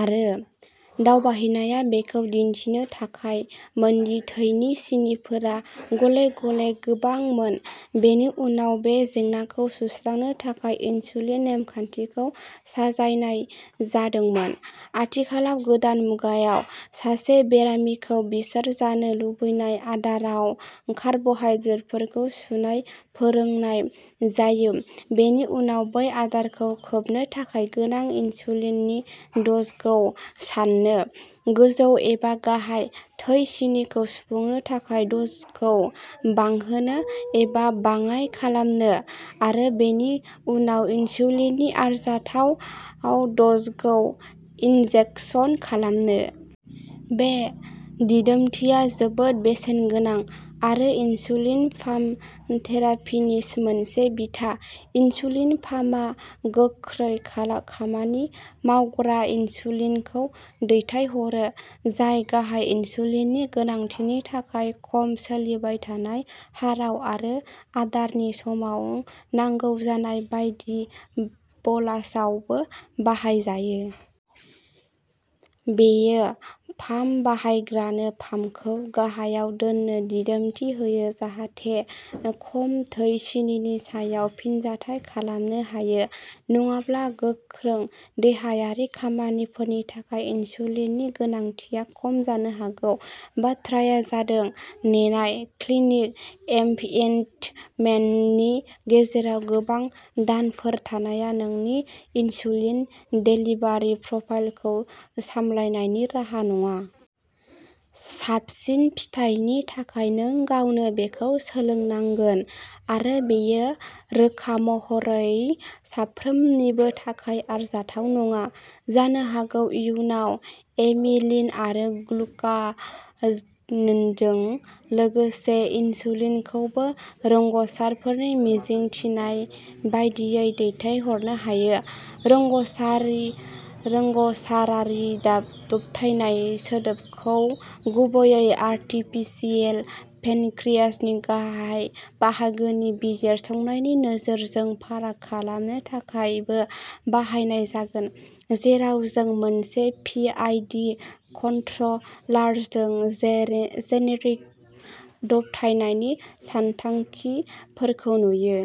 आरो। दावबायहैनाया बेखौ दिन्थिनो थाखायमोनदि थैनि सिनिफोरा गले गले गोबांमोन, बेनि उनाव बे जेंनाखौ सुस्रांनो थाखाय इनसुलिन नेमखानथिखौ साजायनाय जादोंमोन। आथिखालाव गोदान मुगायाव, सासे बेरामिखौ बिसोर जानो लुबैनाय आदाराव कार्बहाइड्रेटफोरखौ सुनाय फोरोंनाय जायो, बेनि उनाव बै आदारखौ खोबनो थाखाय गोनां इनसुलिननि द'जखौ सान्नो, गोजौ एबा गाहाय थै सिनिखौ सुफुंनो थाखाय द'जखौ बांहोनो एबा बाङाइ खालामनो, आरो बेनि उनाव इनसुलिननि आरजाथाव द'जखौ इनजेकसन खालामनो। बे दिदोमथिया जोबोद बेसेनगोनां, आरो इनसुलिन पाम्प थेरापिनि मोनसे बिथा। इनसुलिन पाम्पआ गोख्रै खामानि मावग्रा इनसुलिनखौल'दैथायहरो, जाय गाहाय इनसुलिननि गोनांथिनि थाखाय खम सोलिबाय थानाय हाराव आरो आदारनि समाव नांगौ जानाय बायदि बलासआवबो बाहायजायो। बेयो पाम्प बाहायग्रानो पाम्पखौ गाहायाव दोननो दिदोमथि होयो जाहाथे खम थै सिनिनि सायाव फिनजाथाय खालामनो हायो, नङाब्ला गोख्रों देहायारि खामानिफोरनि थाखाय इनसुलिननि गोनांथिया खम जानो हागौ। बाथ्राआ जादोंः नेनाय। क्लिनिक एपइन्टमेन्टनि गेजेराव गोबां दानफोर थानाया नोंनि इनसुलिन देलिभारि प्रफाइलखौ सामलायनायनि राहा नङा। साबसिन फिथायनि थाखाय नों गावनो बेखौ सोलोंनांगोन, आरो बेयो रोखा महरै साफ्रोमनिबो थाखाय आरजाथाव नङा। जानो हागौ इयुनाव, एमिलिन आरो ग्लुकागनजों लोगोसे इनसुलिनखौबो रोंग'सारफोरनि मिजिंथिनाय बायदियै दैथायहरनो हायो। रोंग'सारारि दबथायनाय सोदोबखौ गुबैयै आर्टिफिसियेल पेनक्रियाजनि गाहाय बाहागोनि बिजिरसंनायनि नोजोरजों फाराग खालामनो थाखायबो बाहायनाय जागोन, जेराव जों मोनसे पिआइडि कन्ट्र'लारजों जेनेरिक दबथायनायनि सानथांखिफोरखौ नुयो।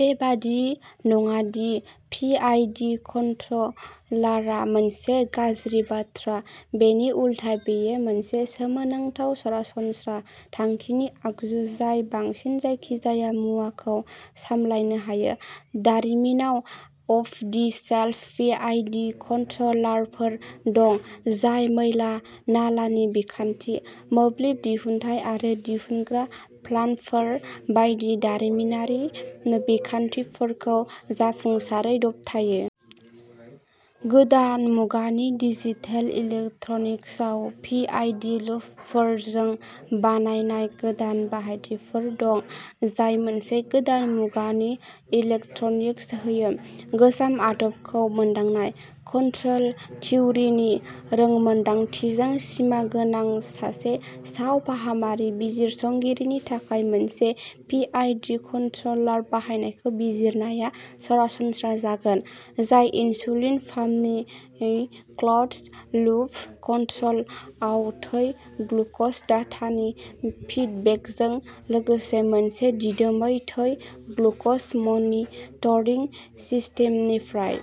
बेबादि नङा दि पिआइडि कन्ट्र'लारआ मोनसे गाज्रि बाथ्रा-- बेनि उलथा बेयो मोनसे सोमोनांथाव सरासनस्रा थांखिनि आगजु जाय बांसिन जायखिजाया मुवाखौ सामलायनो हायो। दारिमिनाव अफ-दि-शेल्फ पिआइडि कन्ट्र'लारफोर दं जाय मैला-नालानि बिखान्थि, मोब्लिब दिहुन्थाय आरो दिहुनग्रा प्लान्टफोर बायदि दारिमिनारि बिखान्थिफोरखौ जाफुंसारै दबथायो। गोदान मुगानि डिजिटेल इलेक्ट्रनिक्सआव पिआइडि लुपफोरजों बानायनाय गोदान बाहायथिफोर दं, जाय मोनसे गोदान मुगानि इलेक्ट्रनिक्स होयो। गोजाम आदबखौ मोनदांनाय। कन्ट्रल थिउरिनि रोंमोन्दांथिजों सिमा गोनां सासे सावफाहामारि बिजिरसंगिरिनि थाखाय मोनसे पिआइडि कन्ट्र'लार बाहायनायखौ बिजिरनाया सरासनस्रा जागोन, जाय इनसुलिन पाम्पनि क्लोज्ड-लुप कन्ट्र'लआव थै ग्लुक'ज डाटानि फिडबेकजों लोगोसे मोनसे दिदोमै थै ग्लुक'ज मनिटरिं सिस्टेमनिफ्राय।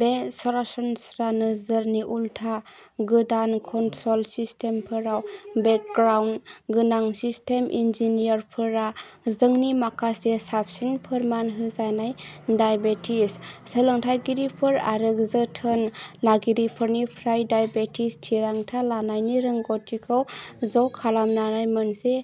बे सरासनस्रा नोजोरनि उल्था, गोदान कन्ट्रल सिस्टेमफोराव बेकग्राउन्ड गोनां सिस्टेम इन्जिनियारफोरा जोंनि माखासे साबसिन फोरमान होजानाय डायबेटिस सोलोंथायगिरिफोर आरो जोथोन लागिरिफोरनिफ्राय डायबेटिस थिरांथा लानायनि रोंग'थिखौ ज'खालामनानै मोनसे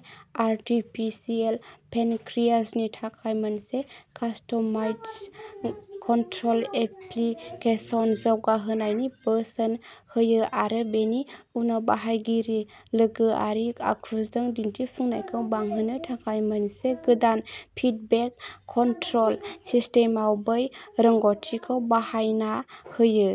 आरटिफिसियेल पेनक्रियाजनि थाखाय मोनसे कास्टमाइज्ड कन्ट्रल एप्लिकेशन जौगाहोनायनि बोसोन होयो आरो बेनि उनाव बाहायगिरिनि लोगोआरि आखुजों दिन्थिफुंनायखौ बांहोनो थाखाय मोनसे गोदान फिडबेक कन्ट्रल सिस्टेमाव बै रोंग'थिखौ बाहायना होयो।